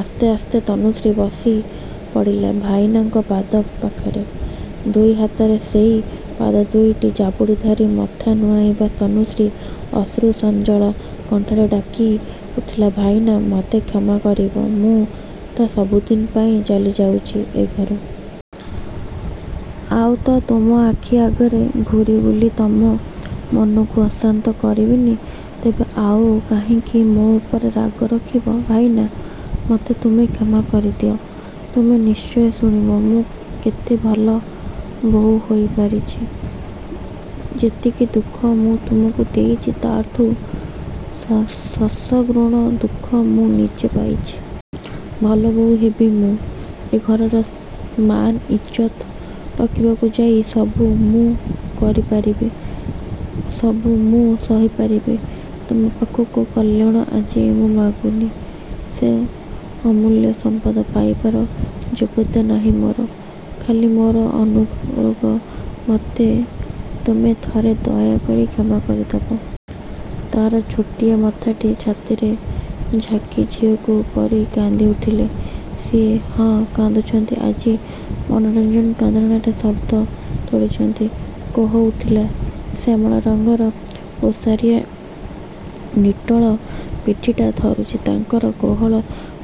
ଆସ୍ତେ ଆସ୍ତେ ତନୁଶ୍ରୀ ବସି ପଡ଼ିଲା ଭାଇନାଙ୍କ ପାଦ ପାଖରେ। ଦୁଇ ହାତରେ ସେଇ ପାଦ ଦୁଇଟି ଜାବୁଡ଼ି ଧରି ମଥା ନୁଆଁଇବା ତନୁଶ୍ରୀ। ଅଶ୍ରୁ ସଜଳ କଣ୍ଠରେ ଡାକି ଉଠିଲା ଭାଇନା, ମତେ କ୍ଷମା କରିବ। ମୁଁ ତ ସବୁଦିନ ପାଇଁ ଚାଲି ଯାଉଛି ଏ ଘରୁ। ଆଉ ତ ତୁମ ଆଖି ଆଗରେ ଘୂରି ବୁଲି ତମ ମନକୁ ଅଶାନ୍ତ କରିବିନି, ତେବେ ଆଉ କାହିଁକି ମୋ ଉପରେ ରାଗ ରଖିବ ଭାଇନା, ମତେ ତୁମେ କ୍ଷମା କରିଦିଅ। ତୁମେ ନିଶ୍ଚୟ ଶୁଣିବ ମୁଁ କେତେ ଭଲ ବୋହୂ ହୋଇ ପାରିଛି। ଯେତିକି ଦୁଃଖ ମୁଁ ତୁମକୁ ଦେଇଛି ତା'ଠୁ ସହସ୍ର ଗୁଣ ଦୁଃଖ ମୁଁ ନିଜେ ପାଇଛି। ଭଲ ବୋହୂ ହେବି ମୁଁ। ଏ ଘରର ମାନ ଇଜ୍ଜତ ରଖିବାକୁ ଯାଇ ସବୁ ମୁଁ କରି ପାରିବି। ସବୁ ମୁଁ ସହି ପାରିବି। ତୁମ ପାଖରୁ କଲ୍ୟାଣ ଆଜି ମୁଁ ମାଗୁନି। ସେ ଅମୂଲ୍ୟ ସମ୍ପଦ ପାଇବାର ଯୋଗ୍ୟତା ନାହିଁ ମୋର। ଖାଲି ମୋର ଅନୁରୋଧ ମତେ ତୁମେ ଥରେ ଦୟାକରି କ୍ଷମା କରି ଦେବ। ତା'ର ଛୋଟିଆ ମଥାଟି ଛାତିରେ ଯାକି ଝିଅଙ୍କ ପରି କାନ୍ଦି ଉଠିଲେ ସିଏ। ହଁ, କାନ୍ଦୁଛନ୍ତି ଆଜି ମନୋରଞ୍ଜନ। କାନ୍ଦଣାରେ ଶବ୍ଦ ତୋଳିଛନ୍ତି କୋହ ଉଠିଲା । ଶ୍ୟାମଳ ରଙ୍ଗର ଓସାରିଆ ନିଟୋଳ ପିଠିଟା ଥରୁଛି ତାଙ୍କର କୋହର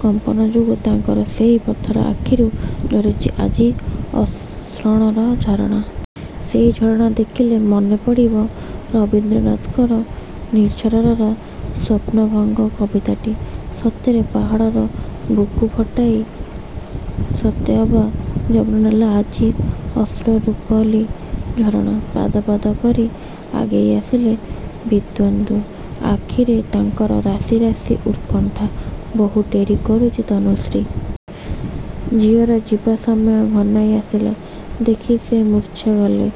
କମ୍ପନ ଯୋଗୁଁ। ତାଙ୍କର ସେଇ ପଥର ଆଖିରୁ ଝରୁଛି ଆଜି ଅଶ୍ରଣର ଝରଣା। ସେଇ ଝରଣା ଦେଖିଲେ ମନେ ପଡ଼ିବ ରବୀନ୍ଦ୍ରନାଥଙ୍କର 'ନିର୍ଝରର ସ୍ୱପ୍ନଭଙ୍ଗ' କବିତାଟି। ସତରେ, ପାହାଡ଼ର ବୁକୁ ଫଟାଇ ସତେଅବା ଜନ୍ମ ନେଲା ଆଜି ଅଶ୍ରୁର ରୂପେଲି ଝରଣା। ପାଦ, ପାଦ କରି ଆଗେଇ ଆସିଲେ ଦିବ୍ୟେନ୍ଦୁ। ଆଖିରେ ତାଙ୍କର ରାଶି ରାଶି ଉତ୍କଣ୍ଠା। ବହୁତ ଡେରି କରୁଛି ତନୁଶ୍ରୀ। ଝିଅର ଯିବା ସମୟ ଘନାଇ ଆସିଲା ଦେଖି ସେ ମୂର୍ଚ୍ଛା ଗଲେ।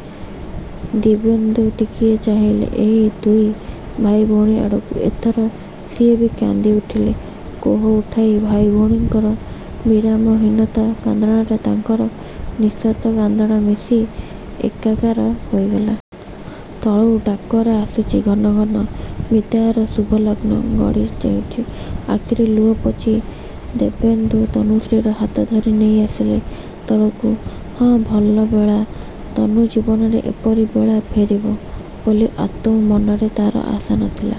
ଦିବ୍ୟେନ୍ଦୁ ଟିକିଏ ଚାହିଁଲେ ଏଇ ଦୁଇ ଭାଇ ଭଉଣୀ ଆଡ଼କୁ। ଏଥର ସିଏ ବି କାନ୍ଦି ଉଠିଲେ କୋହ ଉଠାଇ। ଭାଇ ଭଉଣୀଙ୍କର ବିରାମହୀନ କାନ୍ଦଣାରେ ତାଙ୍କର ନିଃଶବ୍ଦ କାନ୍ଦଣା ମିଶି ଏକାକାର ହୋଇଗଲା। ତଳୁ ଡାକରା ଆସୁଛି ଘନ ଘନ। ବିଦାୟର ଶୁଭଲଗ୍ନ ଗଡ଼ି ଯାଉଛି। ଆଖିରୁ ଲୁହ ପୋଛି ଦିବ୍ୟେନ୍ଦୁ ତନୁଶ୍ରୀର ହାତ ଧରି ନେଇ ଆସିଲେ ତଳକୁ। ହଁ ଭଲ ବେଳା। ତନୁ ଜୀବନରେ ଏପରି ବେଳା ଫେରିବ ବୋଲି ଆଦୌ ମନରେ ତା'ର ଆଶା ନଥିଲା।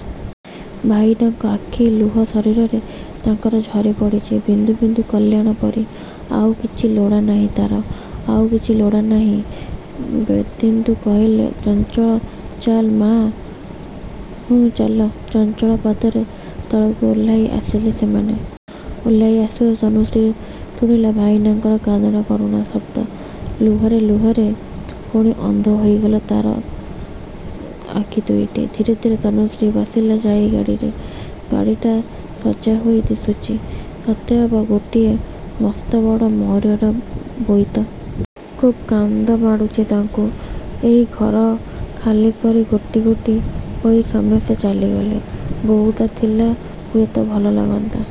ଭାଇନାଙ୍କ ଆଖି ଲୁହ ଶରିରରେ ତା'ର ଝରି ପଡ଼ିଛି ବିନ୍ଦୁ ବିନ୍ଦୁ କଲ୍ୟାଣ ପରି। ଆଉ କିଛି ଲୋଡ଼ା ନାହିଁ ତା'ର, ଆଉ କିଛି ଲୋଡ଼ା ନାହିଁ। ବିଦ୍ୟୋନ୍ଦୁ କହିଲେ ଚଞ୍ଚଳ ଚାଲ ମାଆ। ହୁଁ ଚାଲ। ଚଞ୍ଚଳ ପାଦରେ ତଳକୁ ଓହ୍ଲା‌ଇ ଆସିଲେ ସେମାନେ। ଓହ୍ଲା‌ଇ ଆସୁ ଆସୁ ତନୁଶ୍ରୀ ଶୁଣିଲା ଭାଇନାଙ୍କର କାନ୍ଦର କରୁଣ ଶବ୍ଦ। ଲୁହରେ ଲୁହରେ ପୁଣି ଅନ୍ଧ ହୋଇଗଲା ତା'ର ଆଖି ଦୁଇଟି। ଧୀରେ ଧୀରେ ତନୁଶ୍ରୀ ବସିଲା ଯାଇ ଗାଡ଼ିରେ। ଗାଡ଼ିଟା ସଜା ହୋଇ ଦିଶୁଛି ସତେଅବା ଗୋଟିଏ ମସ୍ତ ବଡ଼ ମୟୂରର ବୋଇତ। ଖୁବ୍ କାନ୍ଦ ମାଡ଼ୁଛି ତାଙ୍କୁ। ଏଇ ଘର ଖାଲି କରି ଗୋଟି ଗୋଟି ହୋଇ ସମସ୍ତେ ଚାଲିଗଲେ। ବୋହୂଟା ଥିଲେ ହୁଏତ ଭଲ ଲାଗନ୍ତା।